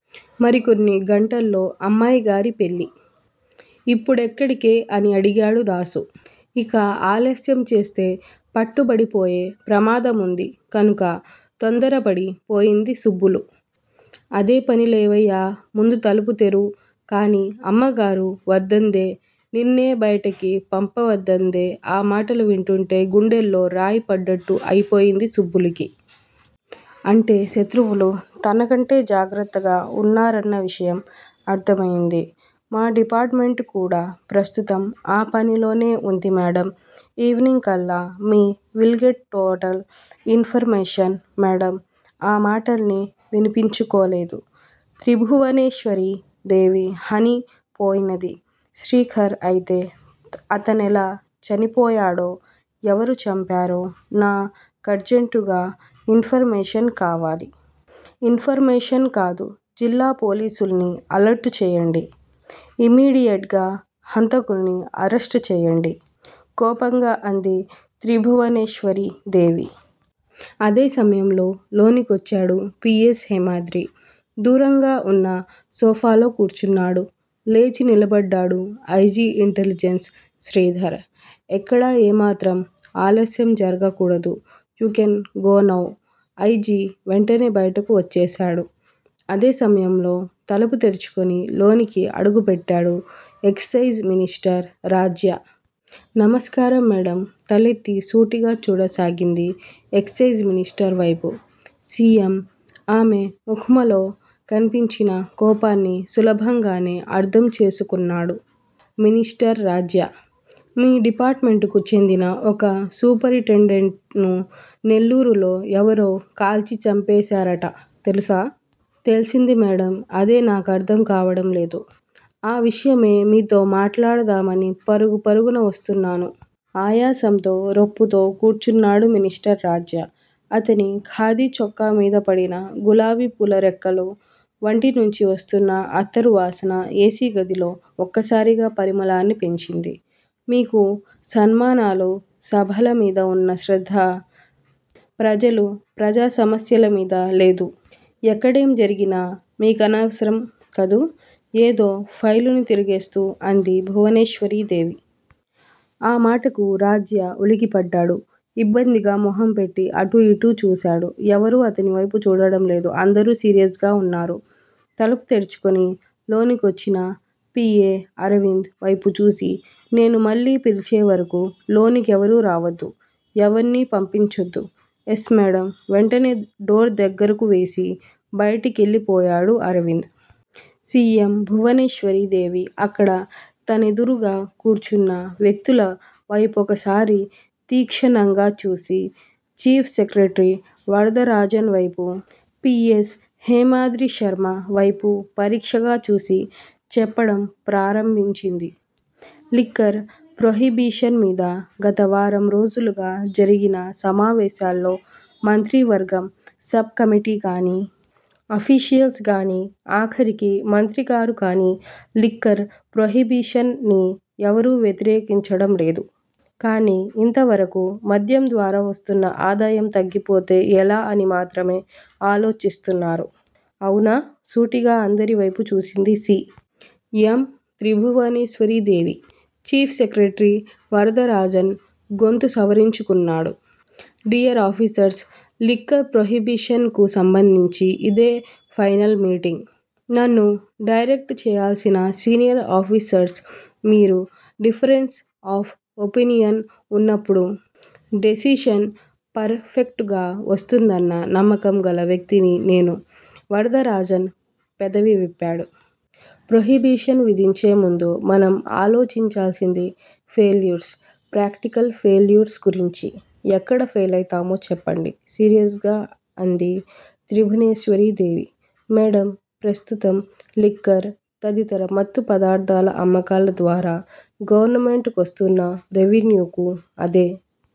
మరికొన్ని గంటల్లో అమ్మాయి గారి పెళ్ళి. ఇప్పుడెక్కడికే? అని అడిగాడు దాసు. ఇక ఆలస్యం చేస్తే పట్టుబడిపోయే ప్రమాదముంది కనుక తొందరపడి పోయింది సుబ్బులు. అదే పని లేవయ్యా ముందు తలుపు తెరువ్ కానీ అమ్మగారు వద్దందే నిన్నే బయటికి పంపవద్దందే ఆ మాటలు వింటుంటే గుండెల్లో రాయి పడ్డట్టు అయిపొయింది సుబ్బులుకి. అంటే శత్రువులు తనకంటే జాగ్రత్తగా వున్నారన్న విషయం అర్థమయింది. మా డిపార్టుమెంట్ కూడా ప్రస్తుతం ఆ పనిలోనే ఉంది మేడమ్ ఈవెనింగ్ కల్లా we will get total information madam ఆ మాటల్ని విన్పించుకోలేదు త్రిభువనేశ్వరీ దేవి హని పోయినది శ్రీకర్ అయితే అతనెలా చనిపోయాడో ఎవరు చంపారో నా కర్జంటుగా ఇన్ ఫర్ మేషన్ కావాలి ఇన్ ఫర్ మేషన్ కాదు జిల్లా పోలీసుల్ని అలర్టు చెయ్యండి ఇమ్మీడియట్ గా హంతకుల్ని అరెస్ట్ చెయ్యండి కోపంగా అంది త్రిభువనేశ్వరీ దేవి. అదే సమయంలో, లోనికొచ్చాడు పి. ఎస్. హేమాద్రి దూరంగా ఉన్న సోఫాలో కూర్చున్నాడు. లేచి నిలబడ్డాడు ఐ. జి. ఇంటెలిజెన్స్ శ్రీధర్. ఎక్కడా ఏమాత్రం ఆలస్యం జరగకూడదు you can go now I. G. వెంటనే బయటకు వచ్చేసాడు. అదే సమయంలో తలుపు తెరచుకుని, లోనికి అడుగుపెట్టాడు ఎక్సయిజ్ మినిస్టర్ రాజ్య. నమస్కారం మేడమ్ తలెత్తి, సూటిగా చూడసాగింది ఎక్సయిజ్ మినిస్టర్ వైపు సి. ఎం. ఆమె ముఖ్మలో కన్పించిన కోపాన్ని సులభంగానే అర్ధం చేసుకున్నాడు మినిస్టర్ రాజ్య. మీ డిపార్టుమెంటుకు చెందిన ఒక సూపరింటెండెంట్ ను నెల్లూరులో ఎవరో కాల్చి చంపేసార్ట తెలుసా తెల్సింది మేడమ్ అదే నాకర్ధం కావడం లేదు ఆ విషయమే మీతో మాట్లాడదామని, పరుగు పరుగున వస్తున్నాను. ఆయాసంతో రొప్పుతూ కూర్చున్నాడు మినిస్టర్ రాజ్య. అతని ఖాదీ చొక్కామీద పడిన గులాబీపూల రెక్కలు వంటి నుంచి వస్తున్న అత్తరు వాసన ఏసీ గదిలో ఒక్కసారి పరిమళాన్ని పెంచింది. మీకు సన్మానాలు సభల మీద వున్న శ్రద్ద- ప్రజలు ప్రజా సమస్యల మీద లేదు ఎక్కడేం జరిగినా మీకనవసరం కదూ ఏదో ఫైలుని తిరగేస్తూ అంది భువనేశ్వరీ దేవి. ఆ మాటకు రాజ్య ఉలిక్కిపడ్డాడు ఇబ్బందిగా మొహం పెట్టి అటూ యిటూ చూసాడు. ఎవరూ అతని వైపు చూడడంలేదు అందరూ సీరియస్ గా ఉన్నారు తలుపు తెరచుకొని లోనికొచ్చిన పి. ఎ. అరవింద్ వేపు చూసి- నేను మళ్ళీ పిలిచే వరకూ లోనికెవరూ రావద్దు ఎవర్నీ పంపించొద్దు ఎస్ మేడమ్ వెంటనే డోర్ దగ్గరకు వేసి, బయటికెళ్ళి పోయాడు అరవింద్. సి. ఎమ్. భువనేశ్వరీ దేవి అక్కడ తనెదురుగా కూర్చున్న వ్యక్తుల వైపొకసారి తీక్షణంగా చూసి- చీఫ్ సెక్రట్రీ వరదరాజన్ వైపు, పి. ఎస్. హేమాద్రిశర్మ వైపు పరీక్షగా చూసి చెప్పడం ప్రారంభించింది. లిక్కర్ ప్రొహిబిషన్ మీద గత వారం రోజులుగా, జరిగిన సమావేశాల్లో మంత్రివర్గం సబ్ కమిటీగాని, అఫీషియల్స్ గానీ, ఆఖరికి మంత్రిగారు కానీ, లిక్కర్ ప్రొహిబిషన్ ని ఎవరూ వ్యతిరేకించడం లేదు కానీ ఇంతవరకూ మద్యం ద్వారా వస్తున్న ఆదాయం తగ్గిపోతే ఎలా అని మాత్రమే ఆలోచిస్తున్నారు అవునా సూటిగా అందరి వైపూ చూసింది C. M. Tribhuvaneshwari Devi. Chief secretary Varadarajan గొంతు సవరించుకున్నాడు. డియర్ ఆఫీసర్స్ లిక్కర్ ప్రొహిబిషన్ కు సంబంధించి ఇదే ఫైనల్ మీటింగ్ నన్ను డైరెక్ట్ చెయ్యాల్సిన సీనియర్ ఆఫీసర్స్ మీరు డిఫరెన్స్ ఆఫ్ ఒపీనియన్ ఉన్నప్పుడు డెసిషన్ పర్ ఫెక్టుగా వస్తుందన్న నమ్మకం గల వ్యక్తిని నేను వరదరాజన్ పెదవి విప్పాడు. ప్రొహిబిషన్ విధించేముందు, మనం ఆలోచించాల్సింది ఫెయిల్యూర్స్ ప్రాక్టికల్ ఫెయిల్యూర్స్ గురించి ఎక్కడ ఫెయిలౌతామో చెప్పండి సీరియస్ గా అంది త్రిభువనేశ్వరీ దేవి. మేడమ్ ప్రస్తుతం లిక్కర్ తదితర మత్తు పదార్ధాల అమ్మకాల ద్వారా గవర్నమెంట్ కొస్తున్న రెవెన్యూకు, అదే